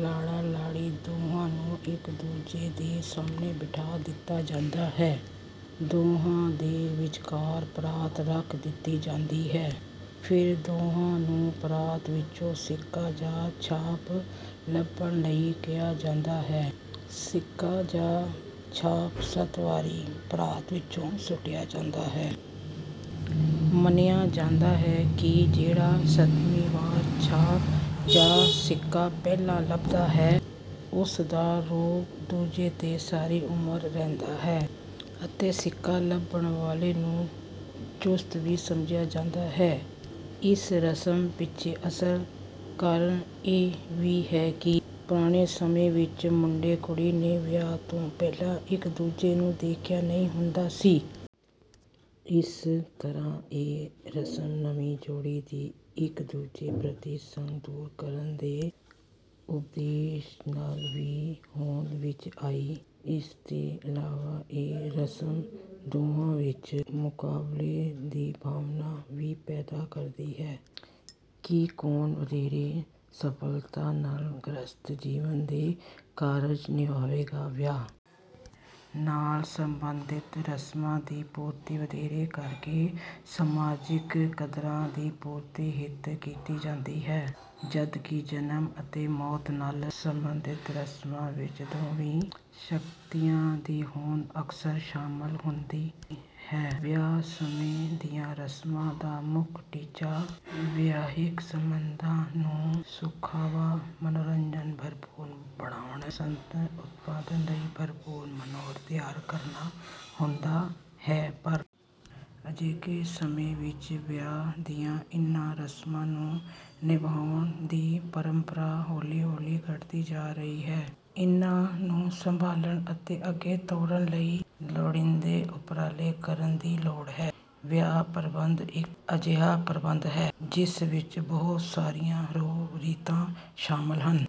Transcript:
ਲਾੜਾ-ਲਾੜੀ ਦੋਹਾਂ ਨੂੰ ਇੱਕ-ਦੂਜੇ ਦੇ ਸਾਹਮਣੇ ਬਿਠਾ ਦਿੱਤਾ ਜਾਂਦਾ ਹੈ। ਦੋਹਾਂ ਦੇ ਵਿਚਕਾਰ ਪਰਾਤ ਰੱਖ ਦਿੱਤੀ ਜਾਂਦੀ ਹੈ। ਫਿਰ ਦੋਹਾਂ ਨੂੰ ਪਰਾਤ ਵਿੱਚੋਂ ਸਿੱਕਾ ਜਾਂ ਛਾਪ ਲੱਭਣ ਲਈ ਕਿਹਾ ਜਾਂਦਾ ਹੈ। ਸਿੱਕਾ ਜਾਂ ਛਾਪ ਸੱਤ ਵਾਰੀ ਪਰਾਤ ਵਿੱਚੋਂ ਸੁੱਟਿਆ ਜਾਂਦਾ ਹੈ। ਮੰਨਿਆ ਜਾਂਦਾ ਹੈ ਕਿ ਜਿਹੜਾ ਸੱਤਵੀਂ ਵਾਰ ਛਾਪ ਜਾਂ ਸਿੱਕਾ ਪਹਿਲਾਂ ਲੱਭਦਾ ਹੈ, ਉਸ ਦਾ ਰੋਹਬ ਦੂਜੇ ਤੇ ਸਾਰੀ ਉਮਰ ਰਹਿੰਦਾ ਹੈ ਅਤੇ ਸਿੱਕਾ ਲੱਭਣ ਵਾਲੇ ਨੂੰ ਚੁਸਤ ਵੀ ਸਮਝਿਆ ਜਾਂਦਾ ਹੈ। ਇਸ ਰਸਮ ਪਿੱਛੇ ਅਸਲ ਕਾਰਨ ਇਹ ਵੀ ਹੈ ਕਿ ਪੁਰਾਣੇ ਸਮੇਂ ਵਿੱਚ ਮੁੰਡੇ-ਕੁੜੀ ਨੇ ਵਿਆਹ ਤੋਂ ਪਹਿਲਾਂ ਇੱਕ-ਦੂਜੇ ਨੂੰ ਦੇਖਿਆ ਨਹੀਂ ਹੁੰਦਾ ਸੀ। ਇਸ ਤਰ੍ਹਾਂ ਇਹ ਰਸਮ ਨਵੀਂ ਜੋੜੀ ਦੀ ਇੱਕ-ਦੂਜੇ ਪ੍ਰਤੀ ਸੰਗ ਦੂਰ ਕਰਨ ਦੇ ਉਦੇਸ਼ ਨਾਲ ਵੀ ਹੋਂਦ ਵਿੱਚ ਆਈ। ਇਸ ਦੇ ਇਲਾਵਾ, ਇਹ ਰਸਮ ਦੋਹਾਂ ਵਿੱਚ ਮੁਕਾਬਲੇ ਦੀ ਭਾਵਨਾ ਵੀ ਪੈਦਾ ਕਰਦੀ ਹੈ ਕਿ ਕੌਣ ਵਧੇਰੇ ਸਫ਼ਲਤਾ ਨਾਲ ਗ੍ਰਹਿਸਥ ਜੀਵਨ ਦੇ ਕਾਰਜ ਨਿਭਾਵੇਗਾ। ਵਿਆਹ ਨਾਲ ਸੰਬੰਧਿਤ ਰਸਮਾਂ ਦੀ ਪੂਰਤੀ ਵਧੇਰੇ ਕਰਕੇ ਸਮਾਜਿਕ ਕਦਰਾਂ ਦੀ ਪੂਰਤੀ ਹਿੱਤ ਕੀਤੀ ਜਾਂਦੀ ਹੈ, ਜਦਕਿ ਜਨਮ ਅਤੇ ਮੌਤ ਨਾਲ ਸੰਬੰਧਿਤ ਰਸਮਾਂ ਵਿੱਚ ਦੈਵੀ ਸ਼ਕਤੀਆਂ ਦੀ ਹੋਂਦ ਅਕਸਰ ਸ਼ਾਮਲ ਹੁੰਦੀ ਹੈ। ਵਿਆਹ ਸਮੇਂ ਦੀਆਂ ਰਸਮਾਂ ਦਾ ਮੁੱਖ ਟੀਚਾ ਵਿਆਹਿਕ ਸੰਬੰਧਾਂ ਨੂੰ ਸੁਖਾਵਾਂ, ਮਨੋਰੰਜਨ-ਭਰਪੂਰ ਬਣਾਉਣਾ ਅਤੇ ਸੰਤਾਨ ਉਤਪਾਦਨ ਲਈ ਅਨੁਕੂਲ ਮਾਹੌਲ ਤਿਆਰ ਕਰਨਾ ਹੁੰਦਾ ਹੈ। ਪਰ ਅਜੋਕੇ ਸਮੇਂ ਵਿੱਚ ਵਿਆਹ ਦੀਆਂ ਇਹਨਾਂ ਰਸਮਾਂ ਨੂੰ ਨਿਭਾਉਣ ਦੀ ਪਰੰਪਰਾ ਹੌਲੀ-ਹੌਲੀ ਘੱਟਦੀ ਜਾ ਰਹੀ ਹੈ। ਇਹਨਾਂ ਨੂੰ ਸੰਭਾਲਣ ਅਤੇ ਅੱਗੇ ਤੋਰਨ ਲਈ ਲੋੜੀਂਦੇ ਉਪਰਾਲੇ ਕਰਨ ਦੀ ਲੋੜ ਹੈ। ਵਿਆਹ ਪ੍ਰਬੰਧ ਇੱਕ ਅਜਿਹਾ ਪ੍ਰਬੰਧ ਹੈ, ਜਿਸ ਵਿੱਚ ਬਹੁਤ ਸਾਰੀਆਂ ਰਹੁ-ਰੀਤਾਂ ਸ਼ਾਮਲ ਹਨ।